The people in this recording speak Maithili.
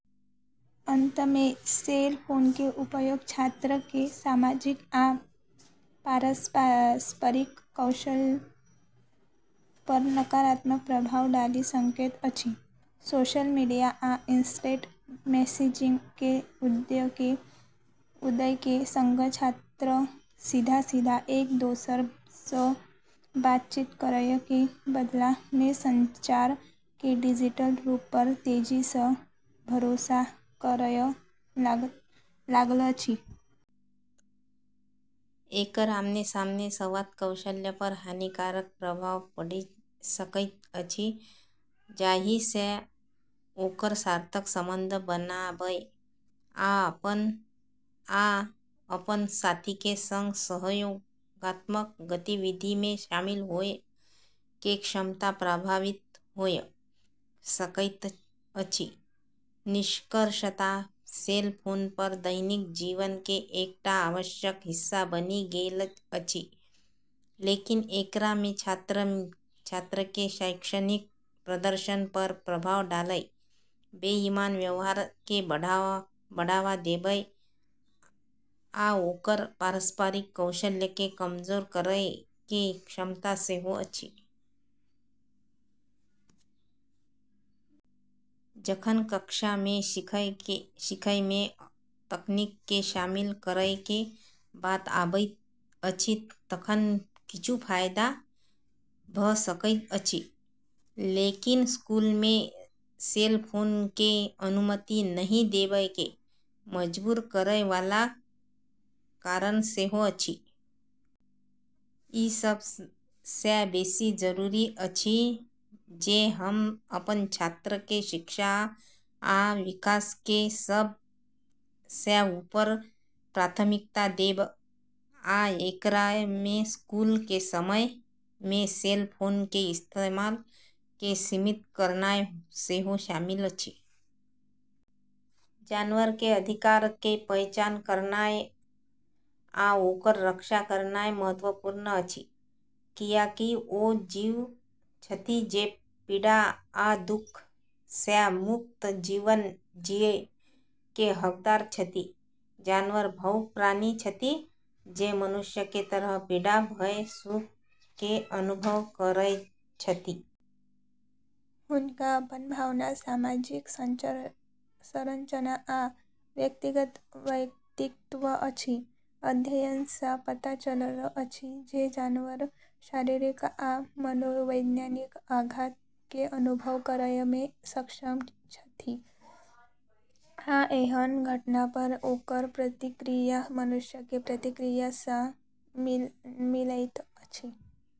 अंत मे, सेल फोन के उपयोग छात्र के सामाजिक आ पारस्परिक कौशल पर नकारात्मक प्रभाव डालि सकैत अछि। सोशल मीडिया आ इंस्टेंट मैसेजिंग के उदय के संग छात्र सीधा-सीधा एक-दोसर सँ बातचीत करय के बदला मे संचार के डिजिटल रूप पर तेजी सँ भरोसा करय लागल अछि। एकर आमने-सामने संवाद कौशल पर हानिकारक प्रभाव पड़ि सकैत अछि, जाहि सँ ओकर सार्थक संबंध बनाबय आ अपन साथी के संग सहयोगात्मक गतिविधि मे शामिल होय के क्षमता प्रभावित होय सकैत अछि। निष्कर्षतः, सेल फोन हमर दैनिक जीवन के एकटा आवश्यक हिस्सा बनि गेल अछि, लेकिन एकरा मे छात्र के शैक्षणिक प्रदर्शन पर प्रभाव डालय, बेईमान व्यवहार के बढ़ावा देबय, आ ओकर पारस्परिक कौशल के कमजोर करय के क्षमता सेहो अछि। जखन कक्षा मे सीखय मे तकनीक के शामिल करय के बात आबैत अछि तखन किछु फायदा भ सकैत अछि, लेकिन स्कूल मे सेल फोन के अनुमति नहि देबय के मजबूर करय वाला कारण सेहो अछि। ई सभ सँ बेसी जरूरी अछि जे हम अपन छात्र के शिक्षा आ विकास के सभ सँ ऊपर प्राथमिकता देब, आ एकरा मे स्कूल के समय मे सेल फोन के इस्तेमाल के सीमित करनाय सेहो शामिल अछि। जानवर के अधिकार के पहचान करनाय आ ओकर रक्षा करनाय महत्वपूर्ण अछि, कियाकि ओ जीव छथि जे पीड़ा आ दुख सँ मुक्त जीवन जियय के हकदार छथि। जानवर भावुक प्राणी छथि जे मनुष्य के तरह पीड़ा, भय आ सुख के अनुभव करैत छथि। हुनका अपन भावना, सामाजिक संरचना, आ व्यक्तिगत व्यक्तित्व अछि। अध्ययन सँ पता चलल अछि जे जानवर शारीरिक आ मनोवैज्ञानिक आघात के अनुभव करय मे सक्षम छथि, आ एहन घटना पर ओकर प्रतिक्रिया मनुष्य के प्रतिक्रिया सँ मिलैत अछि।